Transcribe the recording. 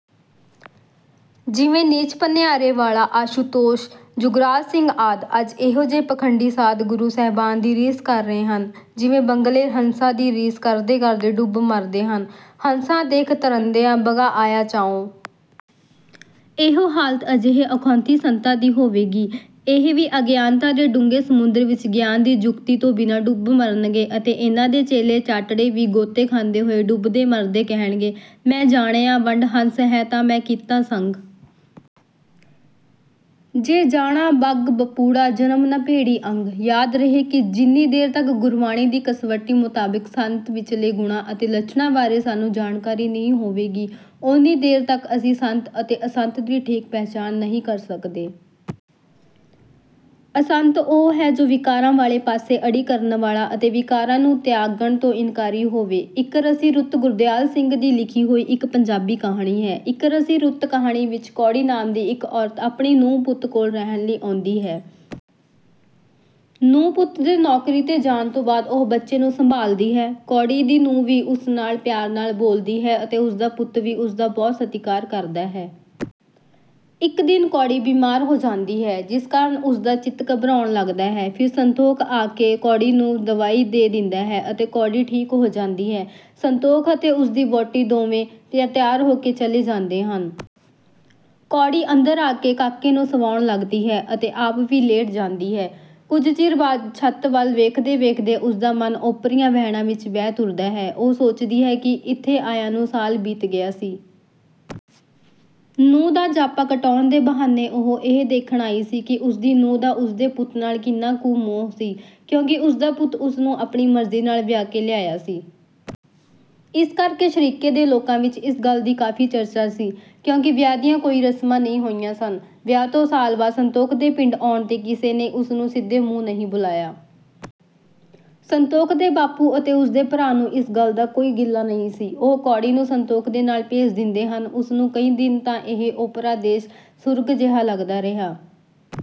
ਜਿਵੇਂ ਨੀਚ ਭਨਿਆਰੇ ਵਾਲਾ, ਆਸ਼ੂਤੋਸ਼, ਜੁਗਰਾਜ ਸਿੰਘ ਆਦਿ। ਅੱਜ ਇਹੋ ਜਿਹੇ ਪਖੰਡੀ ਸਾਧ ਗੁਰੂ ਸਾਹਿਬਾਨ ਦੀ ਰੀਸ ਕਰ ਰਹੇ ਹਨ, ਜਿਵੇਂ ਬਗਲੇ ਹੰਸਾਂ ਦੀ ਰੀਸ ਕਰਦੇ-ਕਰਦੇ ਡੁੱਬ ਮਰਦੇ ਹਨ। “ਹੰਸਾ ਦੇਖਿ ਤਰੰਦਿਆ ਬਗਾ ਆਇਆ ਚਾਉ॥ ਇਹੋ ਹਾਲਤ ਅਜਿਹੇ ਅਖੌਤੀ ਸੰਤਾਂ ਦੀ ਹੋਵੇਗੀ। ਇਹ ਵੀ ਅਗਿਆਨਤਾ ਦੇ ਡੂੰਘੇ ਸਮੁੰਦਰ ਵਿੱਚ ਗਿਆਨ ਦੀ ਜੁਗਤੀ ਤੋਂ ਬਿਨਾਂ ਡੁੱਬ ਮਰਨਗੇ ਅਤੇ ਇਨ੍ਹਾਂ ਦੇ ਚੇਲੇ-ਚਾਟੜੇ ਵੀ ਗੋਤੇ ਖਾਂਦੇ ਹੋਏ ਡੁੱਬਦੇ-ਮਰਦੇ ਕਹਿਣਗੇ— “ਮੈ ਜਾਣਿਆ ਵਡ ਹੰਸੁ ਹੈ ਤਾਂ ਮੈ ਕੀਤਾ ਸੰਗੁ॥ ਜੇ ਜਾਣਾ ਬਗੁ ਬਪੁੜਾ ਜਨਮਿ ਨ ਭੇੜੀ ਅੰਗੁ॥” ਯਾਦ ਰਹੇ ਕਿ ਜਿੰਨੀ ਦੇਰ ਤੱਕ ਗੁਰਬਾਣੀ ਦੀ ਕਸਵੱਟੀ ਮੁਤਾਬਕ ਸੰਤ ਵਿਚਲੇ ਗੁਣਾਂ ਅਤੇ ਲੱਛਣਾਂ ਬਾਰੇ ਸਾਨੂੰ ਜਾਣਕਾਰੀ ਨਹੀਂ ਹੋਵੇਗੀ, ਓਨੀ ਦੇਰ ਤੱਕ ਅਸੀਂ ਸੰਤ ਅਤੇ ਅਸੰਤ ਦੀ ਠੀਕ ਪਹਿਚਾਣ ਨਹੀਂ ਕਰ ਸਕਦੇ। ਅਸੰਤ ਉਹ ਹੈ ਜੋ ਵਿਕਾਰਾਂ ਵਾਲੇ ਪਾਸੇ ਅੜੀ ਕਰਨ ਵਾਲਾ ਅਤੇ ਵਿਕਾਰਾਂ ਨੂੰ ਤਿਆਗਣ ਤੋਂ ਇਨਕਾਰੀ ਹੋਵੇ। ‘ਇੱਕਰਸੀ ਰੁੱਤ’ ਗੁਰਦਿਆਲ ਸਿੰਘ ਦੀ ਲਿਖੀ ਹੋਈ ਇੱਕ ਪੰਜਾਬੀ ਕਹਾਣੀ ਹੈ। ‘ਇੱਕਰਸੀ ਰੁੱਤ’ ਕਹਾਣੀ ਵਿੱਚ ਕੌੜੀ ਨਾਮ ਦੀ ਇੱਕ ਔਰਤ ਆਪਣੀ ਨੂੰਹ-ਪੁੱਤ ਕੋਲ ਰਹਿਣ ਲਈ ਆਉਂਦੀ ਹੈ। ਨੂੰਹ-ਪੁੱਤ ਦੇ ਨੌਕਰੀ ’ਤੇ ਜਾਣ ਤੋਂ ਬਾਅਦ ਉਹ ਬੱਚੇ ਨੂੰ ਸੰਭਾਲਦੀ ਹੈ। ਕੌੜੀ ਦੀ ਨੂੰਹ ਵੀ ਉਸ ਨਾਲ ਪਿਆਰ ਨਾਲ ਬੋਲਦੀ ਹੈ ਅਤੇ ਉਸ ਦਾ ਪੁੱਤ ਵੀ ਉਸ ਦਾ ਬਹੁਤ ਸਤਿਕਾਰ ਕਰਦਾ ਹੈ। ਇੱਕ ਦਿਨ ਕੌੜੀ ਬੀਮਾਰ ਹੋ ਜਾਂਦੀ ਹੈ, ਜਿਸ ਕਾਰਨ ਉਸ ਦਾ ਚਿੱਤ ਘਬਰਾਉਣ ਲੱਗਦਾ ਹੈ। ਫਿਰ ਸੰਤੋਖ ਆ ਕੇ ਕੌੜੀ ਨੂੰ ਦਵਾਈ ਦੇ ਦਿੰਦਾ ਹੈ ਅਤੇ ਕੌੜੀ ਠੀਕ ਹੋ ਜਾਂਦੀ ਹੈ। ਸੰਤੋਖ ਅਤੇ ਉਸ ਦੀ ਵਹੁਟੀ ਦੋਵੇਂ ਤਿਆਰ ਹੋ ਕੇ ਚਲੇ ਜਾਂਦੇ ਹਨ। ਕੌੜੀ ਅੰਦਰ ਆ ਕੇ ਕਾਕੇ ਨੂੰ ਸਵਾਉਣ ਲੱਗਦੀ ਹੈ ਅਤੇ ਆਪ ਵੀ ਲੇਟ ਜਾਂਦੀ ਹੈ। ਕੁਝ ਚਿਰ ਬਾਅਦ ਛੱਤ ਵੱਲ ਵੇਖਦੇ-ਵੇਖਦੇ ਉਸ ਦਾ ਮਨ ਓਪਰੀਆਂ ਵਹਿਣਾਂ ਵਿੱਚ ਵਹਿ ਤੁਰਦਾ ਹੈ। ਉਹ ਸੋਚਦੀ ਹੈ ਕਿ ਇੱਥੇ ਆਇਆਂ ਨੂੰ ਸਾਲ ਬੀਤ ਗਿਆ ਸੀ। ਨੂੰਹ ਦਾ ਜਾਪਾ ਕਟਾਉਣ ਦੇ ਬਹਾਨੇ ਉਹ ਇਹ ਦੇਖਣ ਆਈ ਸੀ ਕਿ ਉਸ ਦੀ ਨੂੰਹ ਦਾ ਉਸ ਦੇ ਪੁੱਤ ਨਾਲ ਕਿੰਨਾ ਕੁ ਮੋਹ ਸੀ, ਕਿਉਂਕਿ ਉਸ ਦਾ ਪੁੱਤ ਉਸ ਨੂੰ ਆਪਣੀ ਮਰਜ਼ੀ ਨਾਲ ਵਿਆਹ ਕੇ ਲਿਆਇਆ ਸੀ। ਇਸ ਕਰਕੇ ਸ਼ਰੀਕੇ ਦੇ ਲੋਕਾਂ ਵਿੱਚ ਇਸ ਗੱਲ ਦੀ ਕਾਫ਼ੀ ਚਰਚਾ ਸੀ, ਕਿਉਂਕਿ ਵਿਆਹ ਦੀਆਂ ਕੋਈ ਰਸਮਾਂ ਨਹੀਂ ਹੋਈਆਂ ਸਨ। ਵਿਆਹ ਤੋਂ ਸਾਲ ਬਾਅਦ ਸੰਤੋਖ ਦੇ ਪਿੰਡ ਆਉਣ ’ਤੇ ਕਿਸੇ ਨੇ ਉਸ ਨੂੰ ਸਿੱਧੇ ਮੂੰਹ ਨਹੀਂ ਬੁਲਾਇਆ। ਸੰਤੋਖ ਦੇ ਬਾਪੂ ਅਤੇ ਉਸ ਦੇ ਭਰਾ ਨੂੰ ਇਸ ਗੱਲ ਦਾ ਕੋਈ ਗਿਲਾ ਨਹੀਂ ਸੀ। ਉਹ ਕੌੜੀ ਨੂੰ ਸੰਤੋਖ ਦੇ ਨਾਲ ਭੇਜ ਦਿੰਦੇ ਹਨ। ਉਸ ਨੂੰ ਕਈ ਦਿਨ ਤਾਂ ਇਹ ‘ਓਪਰਾ ਦੇਸ’ ਸੁਰਗ ਜਿਹਾ ਲੱਗਦਾ ਰਿਹਾ।